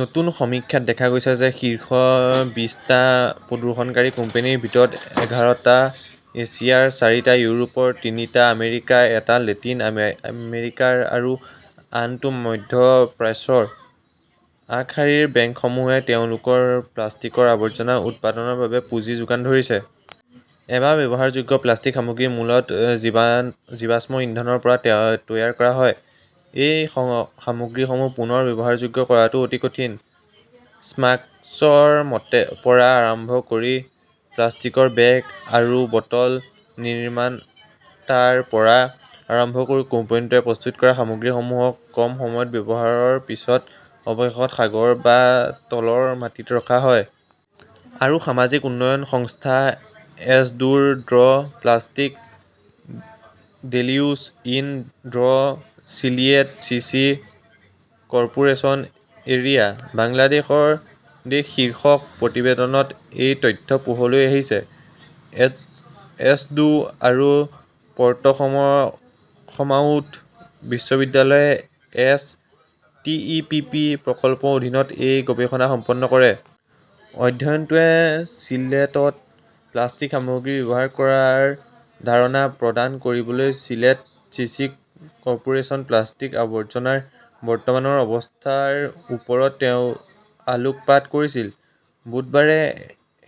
নতুন সমীক্ষাত দেখা গৈছে যে শীৰ্ষ বিছটা প্ৰদূষণকাৰী কোম্পানীৰ ভিতৰত এঘাৰ​টা এছিয়াৰ, চাৰিটা ইউৰোপৰ, তিনিটা আমেৰিকাৰ, এটা লেটিন আমেৰিকাৰ আৰু আনটো মধ্য প্ৰাচ্যৰ। আগশাৰীৰ বেংকসমূহে তেওঁলোকৰ প্লাষ্টিকৰ আৱৰ্জনা উৎপাদনৰ বাবে পুঁজি যোগান ধৰিছে। এবাৰ ব্যৱহাৰযোগ্য প্লাষ্টিক সামগ্ৰী মূলত জীৱাশ্ম ইন্ধনৰ পৰা তৈয়াৰ কৰা হয়। এই সামগ্ৰীসমূহ পুনৰ ব্যৱহাৰযোগ্য কৰাটো অতি কঠিন। ম্মাস্কৰ পৰা আৰম্ভ কৰি প্লাষ্টিকৰ বেগ আৰু বটল নিৰ্মাতাৰ পৰা আৰম্ভ কৰি কোম্পানীটোৱে প্ৰস্তুত কৰা সামগ্ৰীসমূহ কম সময়ৰ ব্যৱহাৰৰ পিছত অৱশেষত সাগৰত বা তলৰ মাটিত ৰখা হয়। আৰু সামাজিক উন্নয়ন সংস্থা-এছডোৰ, the plastic deluge in the Sylhet city corporation area, Bangladesh শীৰ্ষক প্ৰতিবেদনত এই তথ্য পোহৰলৈ আহিছে। এছডো আৰু প'ৰ্টসমাউথ বিশ্ববিদ্যালয়ে S. T. E. P. P. প্ৰকল্পৰ অধীনত এই গৱেষণা সম্পন্ন কৰে। অধ্যয়নটোৱে চিলেটত প্লাষ্টিক সামগ্ৰী ব্যৱহাৰ কৰাৰ ধাৰণা প্ৰদান কৰিবলৈ চিলেট চিটি কৰ্পোৰেচনৰ প্লাষ্টিক আৱৰ্জনাৰ বৰ্তমানৰ অৱস্থাৰ ওপৰত আলোকপাত কৰিছিল। বুধবাৰে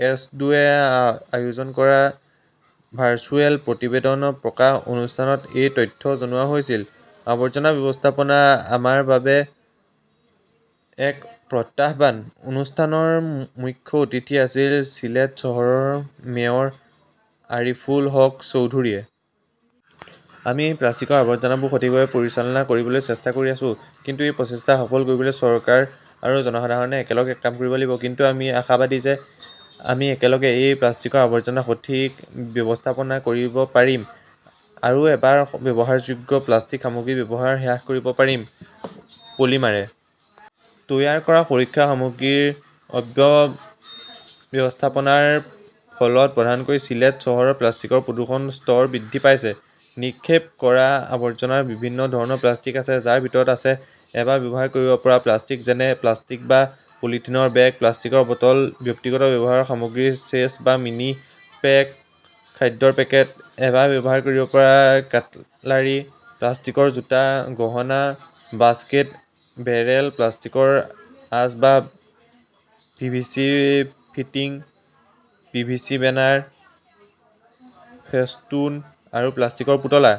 এছডোৱে আয়োজন কৰা ভাৰ্চুৱেল প্ৰতিবেদন প্ৰকাশ অনুষ্ঠানত এই তথ্য জনোৱা হৈছিল। "আৱৰ্জনা ব্যৱস্থাপনা আমাৰ বাবে এক প্ৰত্যাহ্বান", অনুষ্ঠানৰ মুখ্য অতিথি আছিল চিলেট চহৰৰ মেয়ৰ আৰিফুল হক চৌধুৰীয়ে। আমি এই প্লাষ্টিকৰ আৱৰ্জনাবোৰ সঠিকভাৱে পৰিচালনা কৰিবলৈ চেষ্টা কৰি আছো। কিন্তু এই প্ৰচেষ্টা সফল কৰিবলৈ চৰকাৰ আৰু জনসাধাৰণে একেলগে কাম কৰিব লাগিব। কিন্তু আমি আশাবাদী যে আমি একেলগে এই প্লাষ্টিকৰ আৱৰ্জনাৰ সঠিক ব্যৱস্থাপনা কৰিব পাৰিম আৰু এবাৰ ব্যৱহাৰযোগ্য প্লাষ্টিক সামগ্ৰীৰ ব্যৱহাৰ হ্ৰাস কৰিব পাৰিম। পলিমাৰে তৈয়াৰ কৰা সুৰক্ষা সামগ্ৰীৰ অব্যৱস্থাপনাৰ ফলত প্ৰধানকৈ চিলেট চহৰত প্লাষ্টিকৰ প্ৰদূষণৰ স্তৰ বৃদ্ধি পাইছে। নিক্ষেপ কৰা আৱৰ্জনাত বিভিন্ন ধৰণৰ প্লাষ্টিক আছে, যাৰ ভিতৰত আছে এবাৰ ব্যৱহাৰ কৰিব পৰা প্লাষ্টিক যেনে প্লাষ্টিক বা পলিথিনৰ বেগ, প্লাষ্টিকৰ বটল, ব্যক্তিগত ব্যৱহাৰৰ সামগ্ৰী, চেচ বা মিনি পেক, খাদ্যৰ পেকেট, এবাৰ ব্যৱহাৰ কৰিব পৰা কাটলাৰী, প্লাষ্টিকৰ জোতা, গহনা, বাস্কেট, বেৰেল, প্লাষ্টিকৰ আচবাব, PVC fitting, PVC banner, festoon আৰু প্লাষ্টিকৰ পুতলা।